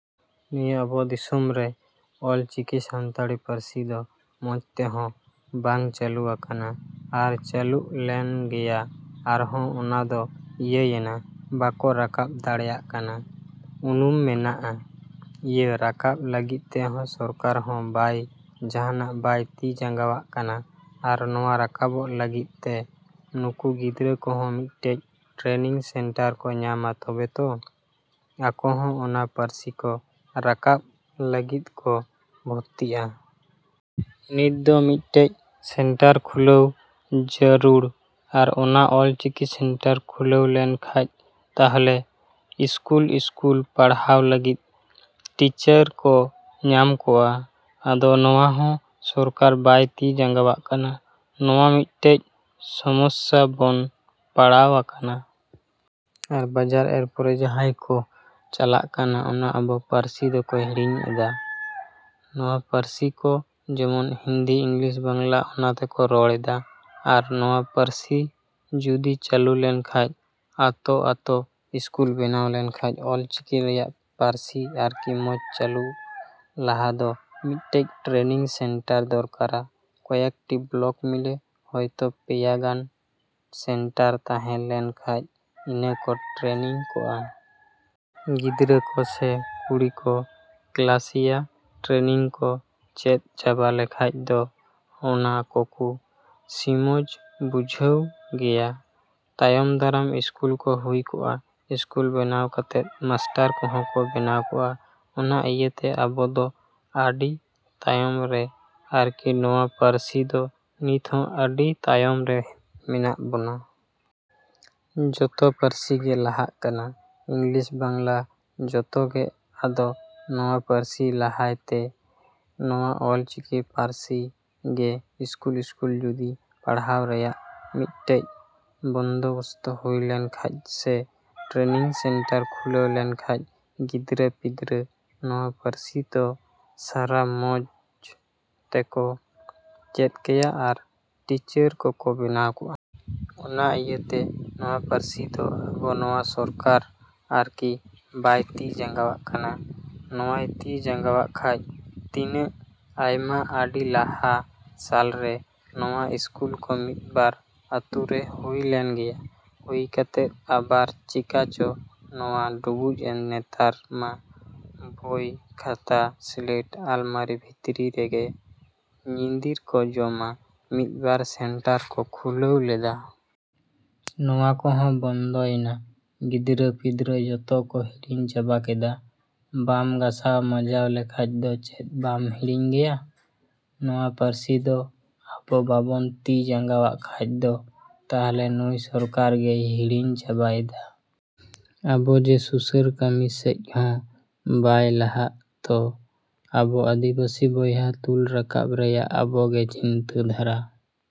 ᱱᱤᱭᱟᱹ ᱟᱵᱚ ᱫᱤᱥᱚᱢ ᱨᱮ ᱚᱞ ᱪᱤᱠᱤ ᱥᱟᱱᱛᱟᱲᱤ ᱯᱟᱹᱨᱥᱤ ᱫᱚ ᱢᱚᱸᱡᱽ ᱛᱮᱦᱚᱸ ᱵᱟᱝ ᱪᱟᱞᱩ ᱟᱠᱟᱱᱟ᱾ ᱟᱨ ᱪᱟᱞᱩᱜ ᱞᱮᱱ ᱜᱮᱭᱟ ᱟᱨᱦᱚᱸ ᱚᱱᱟ ᱫᱚ ᱤᱭᱟᱹᱭᱮᱱᱟ ᱵᱟᱠᱚ ᱨᱟᱠᱟᱵ ᱫᱟᱲᱮᱭᱟᱜ ᱠᱟᱱᱟ᱾ ᱩᱱᱩᱢ ᱢᱮᱱᱟᱜᱼᱟ, ᱤᱭᱟᱹ ᱨᱟᱠᱟᱵ ᱞᱟᱹᱜᱤᱫ ᱛᱮᱦᱚᱸ ᱥᱚᱨᱠᱟᱨ ᱦᱚᱸ ᱵᱟᱭ ᱡᱟᱦᱟᱸᱱᱟᱜ ᱵᱟᱭ ᱛᱤ ᱡᱟᱸᱜᱟᱣᱟᱜ ᱠᱟᱱᱟ ᱟᱨ ᱱᱚᱣᱟ ᱨᱟᱠᱟᱵᱚᱜ ᱞᱟᱹᱜᱤᱫ ᱛᱮ ᱱᱩᱠᱩ ᱜᱤᱫᱽᱨᱟᱹ ᱠᱚᱦᱚᱸ ᱢᱤᱫᱴᱮᱡ ᱴᱨᱮᱱᱤᱝ ᱥᱮᱱᱴᱟᱨ ᱠᱚ ᱧᱟᱢᱟ ᱛᱚᱵᱮ ᱛᱚ, ᱟᱠᱚ ᱦᱚᱸ ᱚᱱᱟ ᱯᱟᱨᱥᱤ ᱠᱚ ᱨᱟᱠᱟᱵ ᱞᱟᱹᱜᱤᱫ ᱠᱚ ᱵᱷᱚᱛᱛᱤᱜᱼᱟ? ᱱᱤᱛ ᱫᱚ ᱢᱤᱫᱴᱮᱡ ᱥᱮᱱᱴᱟᱨ ᱠᱷᱩᱞᱟᱹᱣ ᱡᱟᱹᱨᱩᱲ᱾ ᱟᱨ ᱚᱱᱟ ᱚᱞ ᱪᱤᱠᱤ ᱥᱮᱱᱴᱟᱨ ᱠᱷᱩᱞᱟᱹᱣ ᱞᱮᱱ ᱠᱷᱟᱡ ᱛᱟᱦᱞᱮ ᱤᱥᱠᱩᱞᱼᱤᱥᱠᱩᱞ ᱯᱟᱲᱦᱟᱣ ᱞᱟᱹᱜᱤᱫ ᱴᱤᱪᱟᱹᱨ ᱠᱚ ᱧᱟᱢ ᱠᱚᱜᱼᱟ᱾ ᱟᱫᱚ ᱱᱚᱣᱟ ᱦᱚᱸ ᱥᱚᱨᱠᱟᱨ ᱵᱟᱭ ᱛᱤ ᱡᱟᱸᱜᱟᱣᱟᱜ ᱠᱟᱱᱟ᱾ ᱱᱚᱣᱟ ᱢᱤᱫᱴᱮᱡ ᱥᱚᱢᱚᱥᱥᱟ ᱵᱚᱱ ᱯᱟᱲᱟᱣ ᱟᱠᱟᱱᱟ᱾ ᱟᱨ ᱵᱟᱡᱟᱨ ᱮᱨ ᱯᱚᱨᱮ ᱡᱟᱦᱟᱸᱭ ᱠᱚ ᱪᱟᱞᱟᱜ ᱠᱟᱱᱟ ᱚᱱᱟ ᱟᱵᱚ ᱯᱟᱹᱨᱥᱤ ᱫᱚᱠᱚ ᱦᱤᱲᱤᱧ ᱮᱫᱟ, ᱱᱚᱣᱟ ᱯᱟᱹᱨᱥᱤ ᱠᱚ ᱡᱮᱢᱚᱱ ᱦᱤᱱᱫᱤ, ᱤᱝᱞᱤᱥ, ᱵᱟᱝᱞᱟ ᱚᱱᱟ ᱛᱮᱠᱚ ᱨᱚᱲ ᱮᱫᱟ᱾ ᱟᱨ ᱱᱚᱣᱟ ᱯᱟᱹᱨᱥᱤ ᱡᱩᱫᱤ ᱪᱟᱞᱩ ᱞᱮᱱ ᱠᱷᱟᱡ ᱟᱛᱳᱼᱟᱛᱳ ᱤᱥᱠᱩᱞ ᱵᱮᱱᱟᱣ ᱞᱮᱱ ᱠᱷᱟᱡ ᱚᱞ ᱪᱤᱠᱤ ᱨᱮᱭᱟᱜ ᱯᱟᱨᱥᱤ ᱟᱨᱠᱤ ᱢᱚᱸᱡᱽ ᱪᱟᱹᱞᱩᱜ ᱞᱟᱦᱟ ᱫᱚ ᱢᱤᱫᱴᱮᱡ ᱴᱨᱮᱱᱤᱝ ᱥᱮᱱᱴᱟᱨ ᱫᱚᱨᱠᱟᱨᱟ ᱠᱚᱭᱮᱠ ᱴᱤ ᱵᱞᱚᱠ ᱢᱤᱞᱮ ᱦᱚᱭ ᱛᱚ ᱯᱮᱭᱟ ᱜᱟᱱ ᱥᱮᱱᱴᱟᱨ ᱛᱟᱦᱮᱸ ᱞᱮᱱ ᱠᱷᱟᱡ ᱤᱱᱟᱹ ᱠᱚ ᱴᱨᱮᱱᱤᱝ ᱠᱚᱜᱼᱟ᱾ ᱜᱤᱫᱽᱨᱟᱹ ᱠᱚ ᱥᱮ ᱠᱩᱲᱤ ᱠᱚ ᱠᱞᱟᱥᱤᱭᱟ ᱴᱨᱮᱱᱤᱝ ᱠᱚ ᱪᱮᱫ ᱪᱟᱵᱟ ᱞᱮᱠᱷᱟᱡ ᱫᱚ ᱚᱱᱟ ᱠᱚᱠᱩ ᱥᱤᱢᱚᱸᱡᱽ ᱵᱩᱡᱷᱟᱹᱜ ᱜᱮᱭᱟ ᱛᱟᱭᱚᱢ ᱫᱟᱨᱟᱢ ᱤᱥᱠᱩᱞ ᱠᱚ ᱦᱩᱭ ᱠᱚᱜᱼᱟ᱾ ᱤᱥᱠᱩᱞ ᱵᱮᱱᱟᱣ ᱠᱟᱛᱮᱫ ᱢᱟᱥᱴᱟᱨ ᱠᱚᱦᱚᱸ ᱠᱚ ᱵᱮᱱᱟᱣ ᱠᱚᱜᱼᱟ᱾ ᱚᱱᱟ ᱤᱭᱟᱹᱛᱮ ᱟᱵᱚ ᱫᱚ ᱟᱰᱤ ᱛᱟᱭᱚᱢ ᱨᱮ ᱟᱨᱠᱤ ᱱᱚᱣᱟ ᱯᱟᱹᱨᱥᱤ ᱫᱚ ᱱᱤᱛ ᱦᱚᱸ ᱟᱹᱰᱤ ᱛᱟᱭᱚᱢ ᱨᱮ ᱢᱮᱱᱟᱜ ᱵᱚᱱᱟ᱾ ᱡᱚᱛᱚ ᱯᱟᱹᱨᱥᱤ ᱜᱮ ᱞᱟᱦᱟᱜ ᱠᱟᱱᱟ᱾ ᱤᱝᱞᱤᱥ, ᱵᱟᱝᱞᱟ ᱡᱚᱛᱚ ᱜᱮ ᱟᱫᱚ ᱱᱚᱣᱟ ᱯᱟᱹᱨᱥᱤ ᱞᱟᱦᱟᱭ ᱛᱮ ᱱᱚᱣᱟ ᱚᱞ ᱪᱤᱠᱤ ᱯᱟᱨᱥᱤ ᱜᱮ ᱤᱥᱠᱩᱞᱼᱤᱥᱠᱩᱞ ᱡᱩᱫᱤ ᱯᱟᱲᱦᱟᱣ ᱨᱮᱭᱟᱜ ᱢᱤᱫᱴᱮᱡ ᱵᱚᱱᱫᱚᱵᱚᱥᱛᱚ ᱦᱩᱭ ᱞᱮᱱ ᱠᱷᱟᱡ ᱥᱮ ᱴᱨᱮᱱᱤᱝ ᱥᱮᱱᱴᱟᱨ ᱠᱷᱩᱞᱟᱹᱣ ᱞᱮᱱ ᱠᱷᱟᱡ ᱜᱤᱫᱽᱨᱟᱹ ᱯᱤᱫᱽᱨᱟᱹ ᱱᱚᱣᱟ ᱯᱟᱹᱨᱥᱤ ᱫᱚ ᱥᱟᱨᱟ ᱢᱚᱸᱡᱽ ᱛᱮᱠᱚ ᱪᱮᱫ ᱠᱮᱭᱟ ᱟᱨ ᱴᱤᱪᱟᱹᱨ ᱠᱚᱠᱚ ᱵᱮᱱᱟᱣ ᱠᱚᱜᱼᱟ᱾ ᱚᱱᱟ ᱤᱭᱟᱹᱛᱮ ᱱᱚᱣᱟ ᱯᱟᱹᱨᱥᱤ ᱫᱚ ᱟᱵᱚ ᱱᱚᱣᱟ ᱥᱚᱨᱠᱟᱨ ᱟᱨᱠᱤ ᱵᱟᱭ ᱛᱤ ᱡᱟᱸᱜᱟᱣᱟᱜ ᱠᱟᱱᱟ᱾ ᱱᱚᱣᱟᱭ ᱛᱤ ᱡᱟᱸᱜᱟᱣᱟᱜ ᱠᱷᱟᱡ ᱛᱤᱱᱟᱹᱜ ᱟᱭᱢᱟ ᱟᱰᱤ ᱞᱟᱦᱟ ᱥᱟᱞ ᱨᱮ ᱱᱚᱣᱟ ᱤᱥᱠᱩᱞ ᱠᱚ ᱢᱤᱫ ᱵᱟᱨ ᱟᱹᱛᱩ ᱨᱮ ᱦᱩᱭ ᱞᱮᱱ ᱜᱮᱭᱟ ᱦᱩᱭ ᱠᱟᱛᱮᱫ ᱟᱵᱟᱨ ᱪᱤᱠᱟ ᱪᱚ ᱱᱚᱣᱟ ᱰᱩᱵᱩᱡ ᱮᱱ ᱱᱮᱛᱟᱨ ᱢᱟ ᱵᱚᱭ ᱠᱷᱟᱛᱟ ᱥᱞᱮᱴ ᱟᱞᱢᱟᱨᱤ ᱵᱷᱤᱛᱨᱤ ᱨᱮᱜᱮ ᱧᱤᱫᱤᱨ ᱠᱚ ᱡᱚᱢᱟ ᱢᱤᱫ ᱵᱟᱨ ᱥᱮᱱᱴᱟᱨ ᱠᱚ ᱠᱷᱩᱞᱟᱹᱣ ᱞᱮᱫᱟ᱾ ᱱᱚᱣᱟ ᱠᱚᱦᱚᱸ ᱵᱚᱱᱫᱚᱭᱮᱱᱟ ᱜᱤᱫᱽᱨᱟᱹ ᱯᱤᱫᱽᱨᱟᱹ ᱡᱚᱛᱚ ᱠᱚ ᱦᱤᱲᱤᱧ ᱪᱟᱵᱟ ᱠᱮᱫᱟ᱾ ᱵᱟᱢ ᱜᱟᱥᱟᱣ ᱢᱟᱧᱡᱟᱣ ᱞᱮᱠᱷᱟᱡ ᱫᱚ ᱪᱮᱫ ᱵᱟᱢ ᱦᱤᱲᱤᱧ ᱜᱮᱭᱟ! ᱱᱚᱣᱟ ᱯᱟᱹᱨᱥᱤ ᱫᱚ ᱟᱵᱚ ᱵᱟᱵᱚᱱ ᱛᱤ ᱡᱟᱸᱜᱟᱣᱟᱜ ᱠᱷᱟᱡ ᱫᱚ ᱛᱟᱦᱞᱮ ᱱᱩᱭ ᱥᱚᱨᱠᱟᱨ ᱜᱮᱭ ᱦᱤᱲᱤᱧ ᱪᱟᱵᱟᱭᱮᱫᱟ᱾ ᱟᱵᱚ ᱡᱮ ᱥᱩᱥᱟᱹᱨ ᱠᱟᱹᱢᱤ ᱥᱮᱡ ᱦᱚᱸ ᱵᱟᱭ ᱞᱟᱦᱟᱜ ᱛᱚ ᱟᱵᱚ ᱟᱫᱤᱵᱟᱥᱤ ᱵᱚᱭᱦᱟ ᱛᱩᱞ ᱨᱟᱠᱟᱵ ᱨᱮᱭᱟᱜ ᱟᱵᱚ ᱜᱮ ᱪᱤᱱᱛᱟᱹ ᱫᱷᱟᱨᱟ᱾